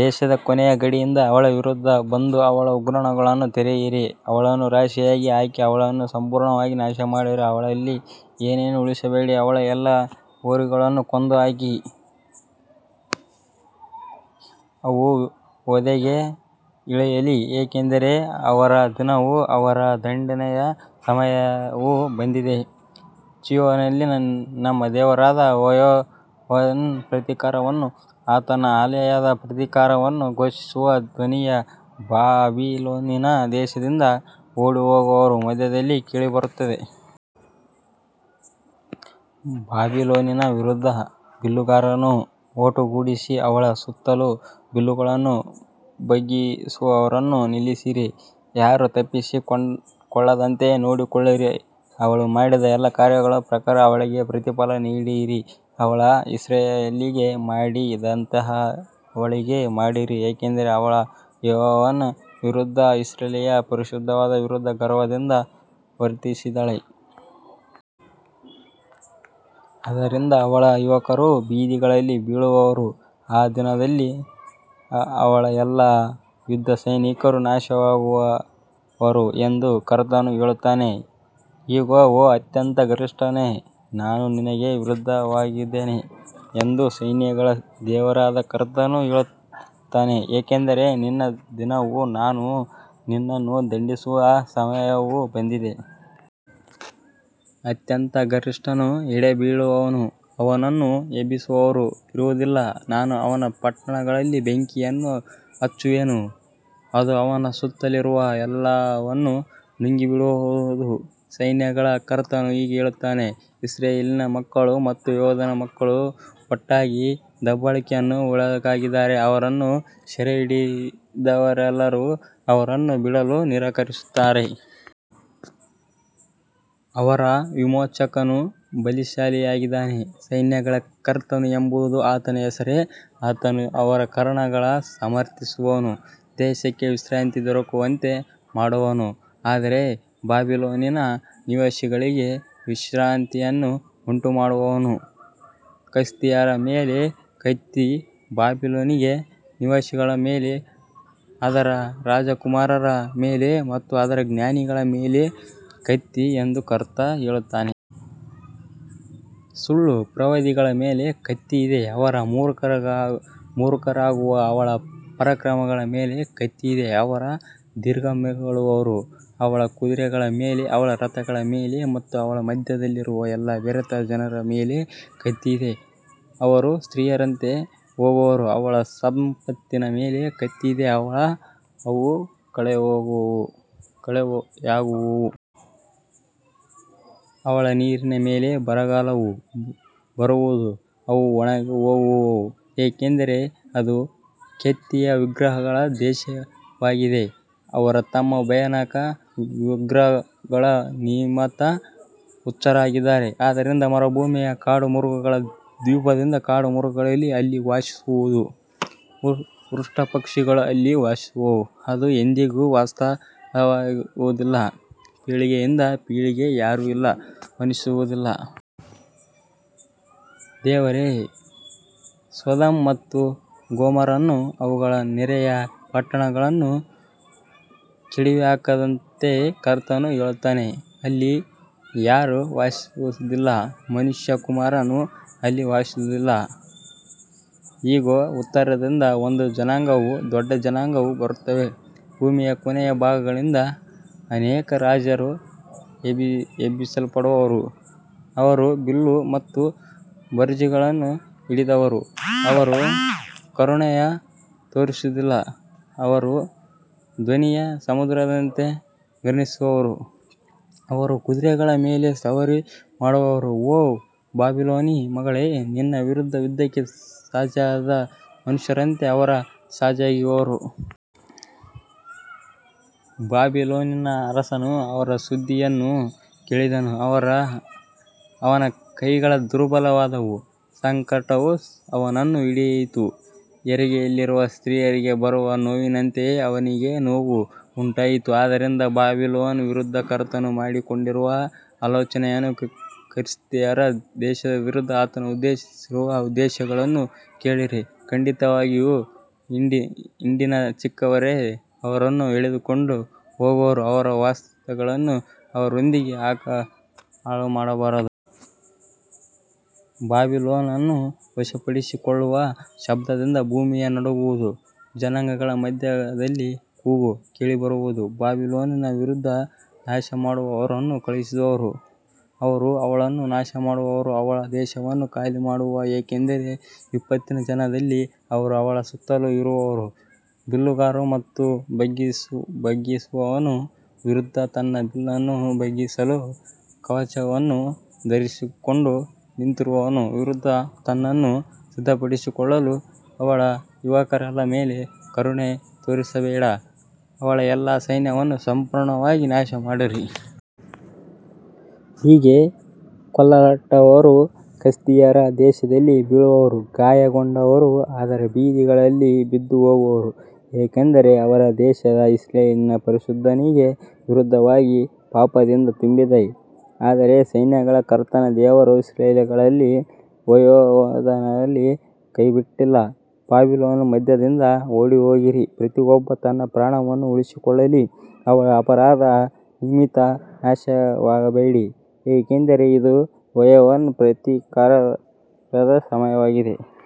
ದೇಶದ ಕೊನೆಯ ಗಡಿಯಿಂದ ಅವಳ ವಿರುದ್ಧ ಬಂದು ಅವಳ ಉಗ್ರಾಣಗಳನ್ನು ತೆರೆಯಿರಿ, ಅವಳನ್ನು ರಾಶಿಯಾಗಿ ಹಾಕಿ, ಅವಳನ್ನು ಸಂಪೂರ್ಣವಾಗಿ ನಾಶಮಾಡಿರಿ, ಅವಳಲ್ಲಿ ಏನನ್ನೂ ಉಳಿಸಬೇಡಿ. ಅವಳ ಎಲ್ಲಾ ಹೋರಿಗಳನ್ನು ಕೊಂದುಹಾಕಿರಿ, ಅವು ವಧೆಗೆ ಇಳಿಯಲಿ, ಏಕೆಂದರೆ ಅವರ ದಿನವೂ ಅವರ ದಂಡನೆಯ ಸಮಯವೂ ಬಂದಿದೆ. ಚೀಯೋನಿನಲ್ಲಿ ನಮ್ಮ ದೇವರಾದ ಯೆಹೋವನ ಪ್ರತೀಕಾರವನ್ನೂ ಆತನ ಆಲಯದ ಪ್ರತೀಕಾರವನ್ನೂ ಘೋಷಿಸುವ ಧ್ವನಿಯು ಬಾಬಿಲೋನಿನ ದೇಶದಿಂದ ಓಡಿಹೋಗುವವರ ಮಧ್ಯದಲ್ಲಿ ಕೇಳಿಬರುತ್ತದೆ. ಬಾಬಿಲೋನಿನ ವಿರುದ್ಧ ಬಿಲ್ಲುಗಾರರನ್ನು ಒಟ್ಟುಗೂಡಿಸಿರಿ, ಅವಳ ಸುತ್ತಲೂ ಬಿಲ್ಲುಗಳನ್ನು ಬಗ್ಗಿಸುವವರನ್ನು ನಿಲ್ಲಿಸಿರಿ, ಯಾರೂ ತಪ್ಪಿಸಿಕೊಳ್ಳದಂತೆ ನೋಡಿಕೊಳ್ಳಿರಿ, ಅವಳು ಮಾಡಿದ ಎಲ್ಲಾ ಕಾರ್ಯಗಳ ಪ್ರಕಾರ ಅವಳಿಗೆ ಪ್ರತಿಫಲ ನೀಡಿರಿ, ಅವಳು ಇಸ್ರಾಯೇಲಿಗೆ ಮಾಡಿದಂತೆಯೇ ಅವಳಿಗೆ ಮಾಡಿರಿ, ಏಕೆಂದರೆ ಅವಳು ಯೆಹೋವನ ವಿರುದ್ಧ, ಇಸ್ರಾಯೇಲಿನ ಪರಿಶುದ್ಧನ ವಿರುದ್ಧ ಗರ್ವದಿಂದ ವರ್ತಿಸಿದ್ದಾಳೆ. ಆದ್ದರಿಂದ ಅವಳ ಯುವಕರು ಬೀದಿಗಳಲ್ಲಿ ಬೀಳುವರು, ಆ ದಿನದಲ್ಲಿ ಅವಳ ಎಲ್ಲಾ ಯುದ್ಧಸೈನಿಕರು ನಾಶವಾಗುವರು ಎಂದು ಕರ್ತನು ಹೇಳುತ್ತಾನೆ. ಇಗೋ, ಓ ಅತ್ಯಂತ ಗರ್ವಿಷ್ಠನೇ, ನಾನು ನಿನಗೆ ವಿರುದ್ಧವಾಗಿದ್ದೇನೆ ಎಂದು ಸೈನ್ಯಗಳ ದೇವರಾದ ಕರ್ತನು ಹೇಳುತ್ತಾನೆ, ಏಕೆಂದರೆ ನಿನ್ನ ದಿನವೂ ನಾನು ನಿನ್ನನ್ನು ದಂಡಿಸುವ ಸಮಯವೂ ಬಂದಿದೆ. ಅತ್ಯಂತ ಗರ್ವಿಷ್ಠನು ಎಡವಿಬೀಳುವನು, ಅವನನ್ನು ಎಬ್ಬಿಸುವವರಾರು ಇರುವುದಿಲ್ಲ, ನಾನು ಅವನ ಪಟ್ಟಣಗಳಲ್ಲಿ ಬೆಂಕಿಯನ್ನು ಹಚ್ಚುವೆನು, ಅದು ಅವನ ಸುತ್ತಲಿರುವ ಎಲ್ಲವನ್ನೂ ನುಂಗಿಬಿಡುವುದು. ಸೈನ್ಯಗಳ ಕರ್ತನು ಹೀಗೆ ಹೇಳುತ್ತಾನೆ, ಇಸ್ರಾಯೇಲಿನ ಮಕ್ಕಳು ಮತ್ತು ಯೆಹೂದದ ಮಕ್ಕಳು ಒಟ್ಟಾಗಿ ದಬ್ಬಾಳಿಕೆಗೆ ಒಳಗಾಗಿದ್ದಾರೆ, ಅವರನ್ನು ಸೆರೆಹಿಡಿದವರೆಲ್ಲರೂ ಅವರನ್ನು ಬಿಡಲು ನಿರಾಕರಿಸುತ್ತಾರೆ. ಅವರ ವಿಮೋಚಕನು ಬಲಶಾಲಿಯಾಗಿದ್ದಾನೆ, ಸೈನ್ಯಗಳ ಕರ್ತನು ಎಂಬುದು ಆತನ ಹೆಸರು, ಆತನು ಅವರ ಕಾರಣವನ್ನು ಸಮರ್ಥಿಸುವನು, ದೇಶಕ್ಕೆ ವಿಶ್ರಾಂತಿ ದೊರಕುವಂತೆ ಮಾಡುವನು, ಆದರೆ ಬಾಬಿಲೋನಿನ ನಿವಾಸಿಗಳಿಗೆ ಅಶಾಂತಿಯನ್ನು ಉಂಟುಮಾಡುವನು. ಕಸ್ದೀಯರ ಮೇಲೆ ಕತ್ತಿ, ಬಾಬಿಲೋನಿನ ನಿವಾಸಿಗಳ ಮೇಲೆ, ಅದರ ರಾಜಕುಮಾರರ ಮೇಲೆ ಮತ್ತು ಅದರ ಜ್ಞಾನಿಗಳ ಮೇಲೆ ಕತ್ತಿ ಎಂದು ಕರ್ತನು ಹೇಳುತ್ತಾನೆ. ಸುಳ್ಳು ಪ್ರವಾದಿಗಳ ಮೇಲೆ ಕತ್ತಿಯಿದೆ, ಅವರು ಮೂರ್ಖರಾಗುವರು. ಅವಳ ಪರಾಕ್ರಮಿಗಳ ಮೇಲೆ ಕತ್ತಿಯಿದೆ, ಅವರು ದಿಗ್ಭ್ರಮೆಗೊಳ್ಳುವರು. ಅವಳ ಕುದುರೆಗಳ ಮೇಲೂ ಅವಳ ರಥಗಳ ಮೇಲೂ ಮತ್ತು ಅವಳ ಮಧ್ಯದಲ್ಲಿರುವ ಎಲ್ಲಾ ಬೆರೆತ ಜನರ ಮೇಲೂ ಕತ್ತಿಯಿದೆ, ಅವರು ಸ್ತ್ರೀಯರಂತೆ ಆಗುವರು. ಅವಳ ಸಂಪತ್ತಿನ ಮೇಲೆ ಕತ್ತಿಯಿದೆ, ಅವು ಕೊಳ್ಳೆಯಾಗುವವು. ಅವಳ ನೀರಿನ ಮೇಲೆ ಬರಗಾಲವು ಬರುವುದು, ಅವು ಒಣಗಿಹೋಗುವವು, ಏಕೆಂದರೆ ಅದು ಕೆತ್ತಿದ ವಿಗ್ರಹಗಳ ದೇಶವಾಗಿದೆ, ಅವರು ತಮ್ಮ ಭಯಾನಕ ವಿಗ್ರಹಗಳ ನಿಮಿತ್ತ ಹುಚ್ಚರಾಗಿದ್ದಾರೆ. ಆದ್ದರಿಂದ ಮರುಭೂಮಿಯ ಕಾಡುಮೃಗಗಳೂ ದ್ವೀಪಗಳ ಕಾಡುಮೃಗಗಳೂ ಅಲ್ಲಿ ವಾಸಿಸುವವು, ಉಷ್ಟ್ರಪಕ್ಷಿಗಳೂ ಅಲ್ಲಿ ವಾಸಿಸುವವು, ಅದು ಎಂದಿಗೂ ವಾಸಸ್ಥಳವಾಗುವುದಿಲ್ಲ, ಪೀಳಿಗೆಯಿಂದ ಪೀಳಿಗೆಗೂ ಯಾರೂ ಅಲ್ಲಿ ವಾಸಿಸುವುದಿಲ್ಲ. ದೇವರು ಸೊದೋಮ್ ಮತ್ತು ಗೊಮೋರವನ್ನೂ ಅವುಗಳ ನೆರೆಯ ಪಟ್ಟಣಗಳನ್ನೂ ಕೆಡವಿಹಾಕಿದಂತೆಯೇ ಕರ್ತನು ಹೇಳುತ್ತಾನೆ, ಅಲ್ಲಿ ಯಾರೂ ವಾಸಿಸುವುದಿಲ್ಲ, ಮನುಷ್ಯಕುಮಾರನೂ ಅಲ್ಲಿ ವಾಸಿಸುವುದಿಲ್ಲ. ಇಗೋ, ಉತ್ತರದಿಂದ ಒಂದು ಜನಾಂಗವೂ ದೊಡ್ಡ ಜನಾಂಗವೂ ಬರುತ್ತವೆ, ಭೂಮಿಯ ಕೊನೆಯ ಭಾಗಗಳಿಂದ ಅನೇಕ ರಾಜರು ಎಬ್ಬಿಸಲ್ಪಡುವರು. ಅವರು ಬಿಲ್ಲು ಮತ್ತು ಭರ್ಜಿಗಳನ್ನು ಹಿಡಿದಿರುವರು, ಅವರು ಕರುಣೆಯನ್ನು ತೋರಿಸುವುದಿಲ್ಲ, ಅವರ ಧ್ವನಿಯು ಸಮುದ್ರದಂತೆ ಘರ್ಜಿಸುವುದು, ಅವರು ಕುದುರೆಗಳ ಮೇಲೆ ಸವಾರಿ ಮಾಡುವರು, ಓ ಬಾಬಿಲೋನಿನ ಮಗಳೇ, ನಿನ್ನ ವಿರುದ್ಧ ಯುದ್ಧಕ್ಕೆ ಸಜ್ಜಾದ ಮನುಷ್ಯರಂತೆ ಅವರು ಸಜ್ಜಾಗಿರುವರು. ಬಾಬಿಲೋನಿನ ಅರಸನು ಅವರ ಸುದ್ದಿಯನ್ನು ಕೇಳಿದನು, ಅವನ ಕೈಗಳು ದುರ್ಬಲವಾದವು, ಸಂಕಟವು ಅವನನ್ನು ಹಿಡಿಯಿತು, ಹೆರಿಗೆಯಲ್ಲಿರುವ ಸ್ತ್ರೀಯಿಗೆ ಬರುವ ನೋವಿನಂತೆಯೇ ಅವನಿಗೆ ನೋವು ಉಂಟಾಯಿತು. ಆದ್ದರಿಂದ ಬಾಬಿಲೋನಿನ ವಿರುದ್ಧ ಕರ್ತನು ಮಾಡಿಕೊಂಡಿರುವ ಆಲೋಚನೆಯನ್ನೂ ಕಸ್ದೀಯರ ದೇಶದ ವಿರುದ್ಧ ಆತನು ಉದ್ದೇಶಿಸಿರುವ ಉದ್ದೇಶಗಳನ್ನೂ ಕೇಳಿರಿ, ಖಂಡಿತವಾಗಿಯೂ ಹಿಂಡಿನ ಚಿಕ್ಕವರೇ ಅವರನ್ನು ಎಳೆದುಕೊಂಡು ಹೋಗುವರು, ಅವರ ವಾಸಸ್ಥಾನಗಳನ್ನು ಅವರೊಂದಿಗೆ ಹಾಳುಮಾಡುವರು. ಬಾಬಿಲೋನನ್ನು ವಶಪಡಿಸಿಕೊಳ್ಳುವ ಶಬ್ದದಿಂದ ಭೂಮಿಯು ನಡುಗುವುದು, ಜನಾಂಗಗಳ ಮಧ್ಯದಲ್ಲಿ ಕೂಗು ಕೇಳಿಬರುವುದು. ಬಾಬಿಲೋನಿನ ವಿರುದ್ಧ ನಾಶಮಾಡುವವರನ್ನು ಕಳುಹಿಸುವರು, ಅವರು ಅವಳನ್ನು ನಾಶಮಾಡುವರು, ಅವಳ ದೇಶವನ್ನು ಖಾಲಿಮಾಡುವರು, ಏಕೆಂದರೆ ವಿಪತ್ತಿನ ದಿನದಲ್ಲಿ ಅವರು ಅವಳ ಸುತ್ತಲೂ ಇರುವರು. ಬಿಲ್ಲುಗಾರನು ಬಿಲ್ಲು ಬಗ್ಗಿಸುವವನ ವಿರುದ್ಧ ತನ್ನ ಬಿಲ್ಲನ್ನು ಬಗ್ಗಿಸಲಿ, ಕವಚವನ್ನು ಧರಿಸಿಕೊಂಡು ನಿಂತಿರುವವನ ವಿರುದ್ಧ ತನ್ನನ್ನು ಸಿದ್ಧಪಡಿಸಿಕೊಳ್ಳಲಿ, ಅವಳ ಯುವಕರ ಮೇಲೆ ಕರುಣೆ ತೋರಿಸಬೇಡಿ, ಅವಳ ಎಲ್ಲಾ ಸೈನ್ಯವನ್ನು ಸಂಪೂರ್ಣವಾಗಿ ನಾಶಮಾಡಿರಿ. ಹೀಗೆ ಕೊಲ್ಲಲ್ಪಟ್ಟವರು ಕಸ್ದೀಯರ ದೇಶದಲ್ಲಿ ಬೀಳುವರು, ಗಾಯಗೊಂಡವರು ಅದರ ಬೀದಿಗಳಲ್ಲಿ ಬಿದ್ದುಹೋಗುವರು, ಏಕೆಂದರೆ ಅವರ ದೇಶವು ಇಸ್ರಾಯೇಲಿನ ಪರಿಶುದ್ಧನಿಗೆ ವಿರುದ್ಧವಾಗಿ ಪಾಪದಿಂದ ತುಂಬಿದೆ. ಆದರೆ ಸೈನ್ಯಗಳ ಕರ್ತನಾದ ದೇವರು ಇಸ್ರಾಯೇಲನ್ನಾಗಲಿ ಯೆಹೂದವನ್ನಾಗಲಿ ಕೈಬಿಟ್ಟಿಲ್ಲ. ಬಾಬಿಲೋನಿನ ಮಧ್ಯದಿಂದ ಓಡಿಹೋಗಿರಿ, ಪ್ರತಿಯೊಬ್ಬನು ತನ್ನ ಪ್ರಾಣವನ್ನು ಉಳಿಸಿಕೊಳ್ಳಲಿ, ಅವಳ ಅಪರಾಧದ ನಿಮಿತ್ತ ನಾಶವಾಗಬೇಡಿ, ಏಕೆಂದರೆ ಇದು ಯೆಹೋವನ ಪ್ರತೀಕಾರದ ಸಮಯವಾಗಿದೆ.